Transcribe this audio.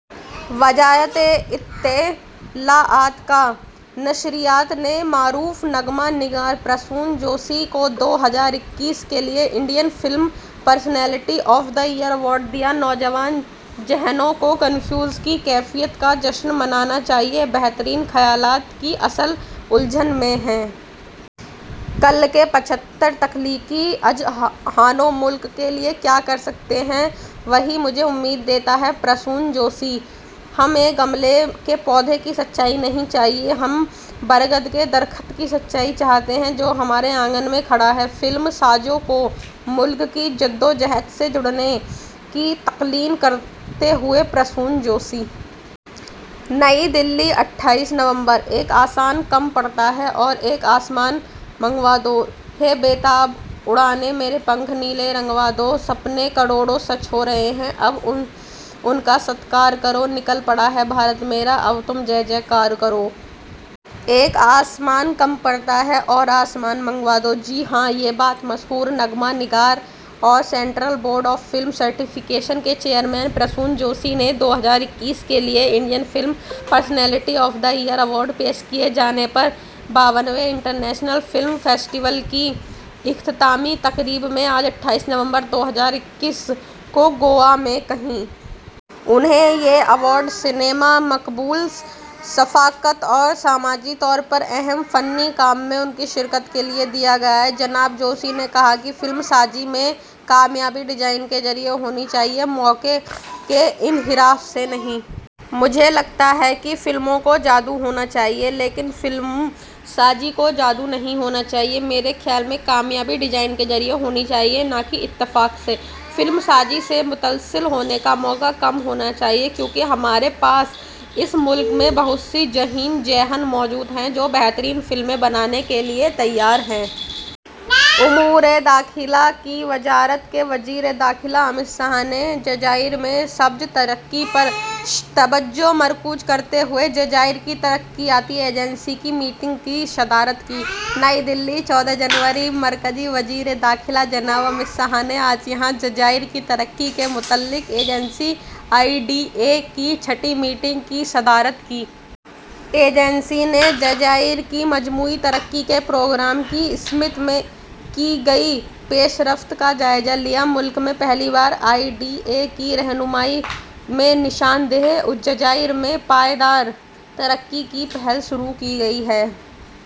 وزارت اطلاعات و نشریات معروف نغمہ نگار پرسون جوشی کو دو ہزار اکیس کے لیے Indian film personality of the year award ملا۔ ''نوجوان ذہنوں کو کنفیوژن کی کیفیت کا جشن منانا چاہیے، بہترین خیالات کی اصل الجھن میں ہے۔'' کل کے پچھتر تخلیقی اذہان ملک کے لیے کیا کر سکتے ہیں، وہی مجھے امید دیتا ہے: پرسون جوشی۔ ہمیں گملے کے پودوں کی سچائی نہیں چاہیے، ہم برگد کے درخت کی سچائی چاہتے ہیں جو ہمارے آنگن میں کھڑا ہے: فلم سازوں کو ملک کی جدوجہد سے جڑنے کی تلقین کرتے ہوئے پرسون جوشی۔ نئی دہلی، اٹھائیس نومبر: ''ایک آسمان کم پڑتا ہے، اور آسمان منگوا دو۔ ہے بے صبرا اُڑانے، میرے پنکھ نیلے رنگوا دو۔ سپنے کروڑوں سچ ہو رہے ہیں، اب ان کا ستکار کرو، نکل پڑا ہے بھارت میرا، اب تم جے جے کار کرو۔'' ''ایک آسمان کم پڑتا ہے اور آسمان منگوا دو۔'' جی ہاں، یہ بات مشہور نغمہ نگار اور central board of film certification کے چیئرپرسن پرسون جوشی نے دو ہزار اکیس کے لیے Indian film personality of the year award پیش کیے جانے پر باون ویں بین الاقوامی فلم فیسٹیول کی اختتامی تقریب میں آج اٹھائیس نومبر دو ہزار اکیس کو گوا میں کہی۔ انہیں یہ ایوارڈ سینما، مقبول ثقافت اور سماجی طور پر اہم فنکارانہ کام میں ان کی شرکت کے لیے دیا گیا ہے۔ جناب جوشی نے کہا کہ فلم سازی میں کامیابی ڈیزائن کے ذریعے ہونی چاہیے، موقع کے انحراف سے نہیں۔ ''مجھے لگتا ہے کہ فلموں کو جادو ہونا چاہیے، لیکن فلم سازی کو جادو نہیں ہونا چاہیے۔ میرے خیال میں کامیابی ڈیزائن کے ذریعے ہونی چاہیے نہ کہ اتفاق سے۔ فلم سازی سے منسلک ہونے کا موقع کم ہونا چاہیے، کیونکہ ہمارے پاس اس ملک میں بہت سے ذہین ذہن موجود ہیں جو بہترین فلمیں بنانے کے لیے تیار ہیں۔'' امورِ داخلہ کی وزارت وزیرِ داخلہ امت شاہ نے جزائر میں سبز ترقی پر توجہ مرکوز کرتے ہوئے جزائر کی ترقیاتی ایجنسی کی میٹنگ کی صدارت کی۔ نئی دہلی، چودہ جنوری: مرکزی وزیرِ داخلہ جناب امت شاہ نے آج یہاں جزائر کی ترقی سے متعلق ایجنسی، آئی ڈی اے، کی چھٹی میٹنگ کی صدارت کی۔ ایجنسی نے جزائر کی مجموعی ترقی کے پروگرام کی سمت میں کی گئی پیش رفت کا جائزہ لیا۔ ملک میں پہلی بار آئی ڈی اے کی رہنمائی میں نشان زد جزائر میں پائیدار ترقی کی پہل شروع کی گئی ہے۔